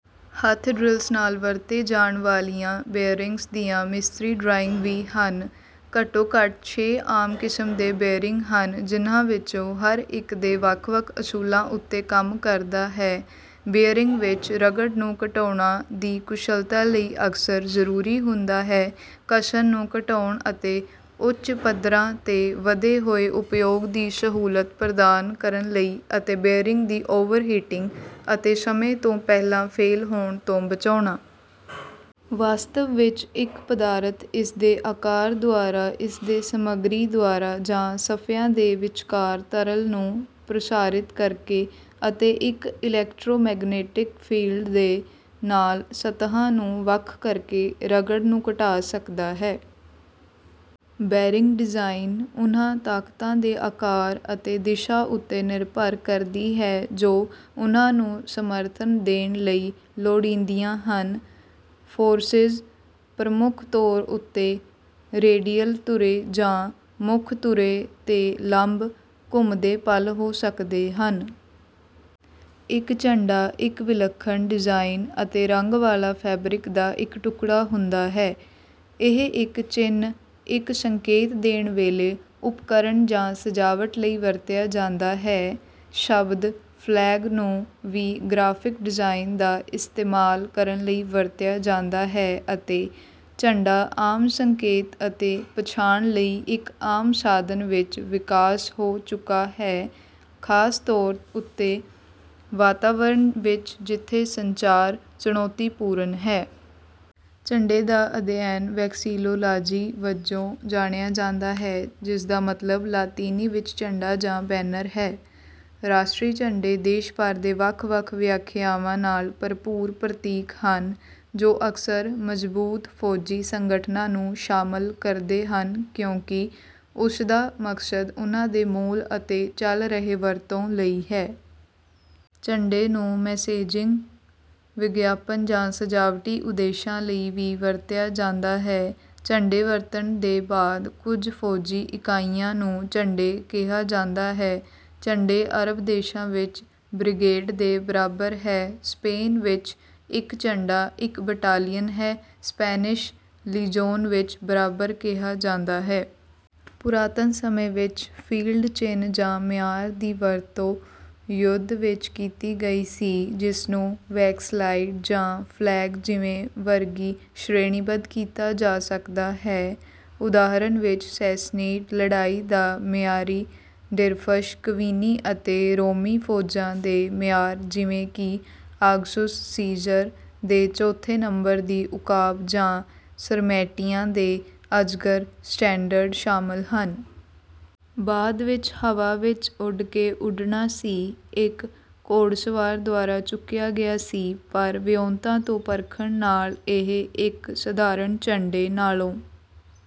ਹੱਥ ਡ੍ਰਿਲਸ ਨਾਲ ਵਰਤੇ ਜਾਣ ਵਾਲੀਆਂ ਬੇਅਰਿੰਗਜ਼ ਦੀਆਂ ਮਿਸਰੀ ਡਰਾਇੰਗ ਵੀ ਹਨ। ਘੱਟੋ ਘੱਟ ਛੇ ਆਮ ਕਿਸਮ ਦੇ ਬੇਅਰਿੰਗ ਹਨ ਜਿਨ੍ਹਾਂ ਵਿੱਚੋਂ ਹਰ ਇੱਕ ਦੇ ਵੱਖ ਵੱਖ ਅਸੂਲਾਂ ਉੱਤੇ ਕੰਮ ਕਰਦਾ ਹੈ। ਬੀਅਰਿੰਗ ਵਿੱਚ ਰਗੜ ਨੂੰ ਘਟਾਉਣਾ ਦੀ ਕੁਸ਼ਲਤਾ ਲਈ ਅਕਸਰ ਜ਼ਰੂਰੀ ਹੁੰਦਾ ਹੈ ਘਸਨ ਨੂੰ ਘਟਾਉਣ ਅਤੇ ਉੱਚ ਪੱਧਰਾਂ ਤੇ ਵਧੇ ਹੋਏ ਉਪਯੋਗ ਦੀ ਸਹੂਲਤ ਪ੍ਰਦਾਨ ਕਰਨ ਲਈ ਅਤੇ ਬੇਰਿੰਗ ਦੇ ਓਵਰਹੀਟਿੰਗ ਅਤੇ ਸਮੇਂ ਤੋਂ ਪਹਿਲਾਂ ਫੇਲ ਹੋਣ ਤੋਂ ਬਚਾਉਣਾ। ਵਾਸਤਵ ਵਿੱਚ ਇੱਕ ਪਦਾਰਥ ਇਸਦੇ ਆਕਾਰ ਦੁਆਰਾ ਇਸਦੇ ਸਮਗਰੀ ਦੁਆਰਾ ਜਾਂ ਸਫਿਆਂ ਦੇ ਵਿਚਕਾਰ ਤਰਲ ਨੂੰ ਪ੍ਰਸਾਰਿਤ ਕਰਕੇ ਅਤੇ ਇੱਕ ਇਲੈਕਟ੍ਰੋਮੈਗਨੈਟਿਕ ਫੀਲਡ ਦੇ ਨਾਲ ਸਤਹਾਂ ਨੂੰ ਵੱਖ ਕਰਕੇ ਰਗੜ ਨੂੰ ਘਟਾ ਸਕਦਾ ਹੈ। ਬੈਰਿੰਗ ਡਿਜ਼ਾਈਨ ਉਨ੍ਹਾਂ ਤਾਕਤਾਂ ਦੇ ਆਕਾਰ ਅਤੇ ਦਿਸ਼ਾ ਉੱਤੇ ਨਿਰਭਰ ਕਰਦੀ ਹੈ ਜੋ ਉਹਨਾਂ ਨੂੰ ਸਮਰਥਨ ਦੇਣ ਲਈ ਲੋੜੀਂਦੀਆਂ ਹਨ। ਫੋਰਸਿਜ਼ ਪ੍ਰਮੁਖ ਤੌਰ ਉੱਤੇ ਰੇਡਿਅਲ ਧੁਰੇ ਜਾਂ ਮੁੱਖ ਧੁਰੇ ਤੇ ਲੰਬ ਘੁੰਮਦੇ ਪਲ ਹੋ ਸਕਦੇ ਹਨ। ਇੱਕ ਝੰਡਾ ਇੱਕ ਵਿਲੱਖਣ ਡਿਜ਼ਾਇਨ ਅਤੇ ਰੰਗ ਵਾਲਾ ਫੈਬਰਿਕ ਦਾ ਇੱਕ ਟੁਕੜਾ ਹੁੰਦਾ ਹੈ। ਇਹ ਇੱਕ ਚਿੰਨ੍ਹ ਇੱਕ ਸੰਕੇਤ ਦੇਣ ਵੇਲੇ ਉਪਕਰਣ ਜਾਂ ਸਜਾਵਟ ਲਈ ਵਰਤਿਆ ਜਾਂਦਾ ਹੈ। ਸ਼ਬਦ ਫਲੈਗ ਨੂੰ ਵੀ ਗ੍ਰਾਫਿਕ ਡਿਜ਼ਾਇਨ ਦਾ ਇਸਤੇਮਾਲ ਕਰਨ ਲਈ ਵਰਤਿਆ ਜਾਂਦਾ ਹੈ ਅਤੇ ਝੰਡਾ ਆਮ ਸੰਕੇਤ ਅਤੇ ਪਛਾਣ ਲਈ ਇੱਕ ਆਮ ਸਾਧਨ ਵਿੱਚ ਵਿਕਾਸ ਹੋ ਚੁੱਕਾ ਹੈ ਖਾਸ ਤੌਰ ਉੱਤੇ ਵਾਤਾਵਰਨ ਵਿੱਚ ਜਿੱਥੇ ਸੰਚਾਰ ਚੁਣੌਤੀਪੂਰਨ ਹੈ। ਝੰਡੇ ਦਾ ਅਧਿਐਨ ਵੈਕਸੀਲੋਲਾਜੀ ਵਜੋਂ ਜਾਣਿਆ ਜਾਂਦਾ ਹੈ ਜਿਸਦਾ ਮਤਲਬ ਲਾਤੀਨੀ ਵਿੱਚ ਝੰਡਾ ਜਾਂ ਬੈਨਰ ਹੈ। ਰਾਸ਼ਟਰੀ ਝੰਡੇ ਦੇਸ਼ ਭਰ ਦੇ ਵੱਖ ਵੱਖ ਵਿਆਖਿਆਵਾਂ ਨਾਲ ਭਰਪੂਰ ਪ੍ਰਤੀਕ ਹਨ ਜੋ ਅਕਸਰ ਮਜ਼ਬੂਤ ਫੌਜੀ ਸੰਗਠਨਾਂ ਨੂੰ ਸ਼ਾਮਲ ਕਰਦੇ ਹਨ ਕਿਉਂਕਿ ਉਸਦਾ ਮਕਸਦ ਉਨ੍ਹਾਂ ਦੇ ਮੂਲ ਅਤੇ ਚਲ ਰਹੇ ਵਰਤੋਂ ਲਈ ਹੈ। ਝੰਡੇ ਨੂੰ ਮੈਸੇਜਿੰਗ ਵਿਗਿਆਪਨ ਜਾਂ ਸਜਾਵਟੀ ਉਦੇਸ਼ਾਂ ਲਈ ਵੀ ਵਰਤਿਆ ਜਾਂਦਾ ਹੈ। ਝੰਡੇ ਵਰਤਣ ਦੇ ਬਾਅਦ ਕੁਝ ਫੌਜੀ ਇਕਾਈਆਂ ਨੂੰ ਝੰਡੇ ਕਿਹਾ ਜਾਂਦਾ ਹੈ। ਝੰਡੇ ਅਰਬ ਦੇਸ਼ਾਂ ਵਿੱਚ ਬ੍ਰਿਗੇਡ ਦੇ ਬਰਾਬਰ ਹੈ। ਸਪੇਨ ਵਿੱਚ ਇੱਕ ਝੰਡਾ ਇੱਕ ਬਟਾਲੀਅਨ ਹੈ ਸਪੈਨਿਸ਼ ਲੀਜੋਨ ਵਿੱਚ ਬਰਾਬਰ ਕਿਹਾ ਜਾਂਦਾ ਹੈ। ਪੁਰਾਤਨ ਸਮੇਂ ਵਿੱਚ ਫੀਲਡ ਚਿੰਨ੍ਹ ਜਾਂ ਮਿਆਰ ਦੀ ਵਰਤੋਂ ਯੁੱਧ ਵਿੱਚ ਕੀਤੀ ਗਈ ਸੀ ਜਿਸ ਨੂੰ ਵੈਕਸਲਾਇਡ ਜਾਂ ਫਲੈਗ ਜਿਵੇਂ ਵਰਗੀ ਸ਼੍ਰੇਣੀਬੱਧ ਕੀਤਾ ਜਾ ਸਕਦਾ ਹੈ। ਉਦਾਹਰਨ ਵਿੱਚ ਸੈਸਨੀਡ ਲੜਾਈ ਦਾ ਮਿਆਰੀ ਡਿਰਫਸ਼ ਕਵੀਨੀ ਅਤੇ ਰੋਮੀ ਫੌਜਾਂ ਦੇ ਮਿਆਰ ਜਿਵੇਂ ਕਿ ਆਗਸੁਸ ਸੀਜ਼ਰ ਦੇ ਚੌਥੇ ਨੰਬਰ ਦੀ ਉਕਾਬ ਜਾਂ ਸਰਮੈਟੀਆਂ ਦੇ ਅਜਗਰ ਸਟੈਂਡਰਡ ਸ਼ਾਮਲ ਹਨ। ਬਾਅਦ ਵਿੱਚ ਹਵਾ ਵਿੱਚ ਉੱਡ ਕੇ ਉੱਡਣਾ ਸੀ ਇੱਕ ਘੋੜਸਵਾਰ ਦੁਆਰਾ ਚੁੱਕਿਆ ਗਿਆ ਸੀ ਪਰ ਵਿਉਂਤਾਂ ਤੋਂ ਪਰਖਣ ਨਾਲ ਇਹ ਇੱਕ ਸਧਾਰਨ ਝੰਡੇ ਨਾਲੋਂ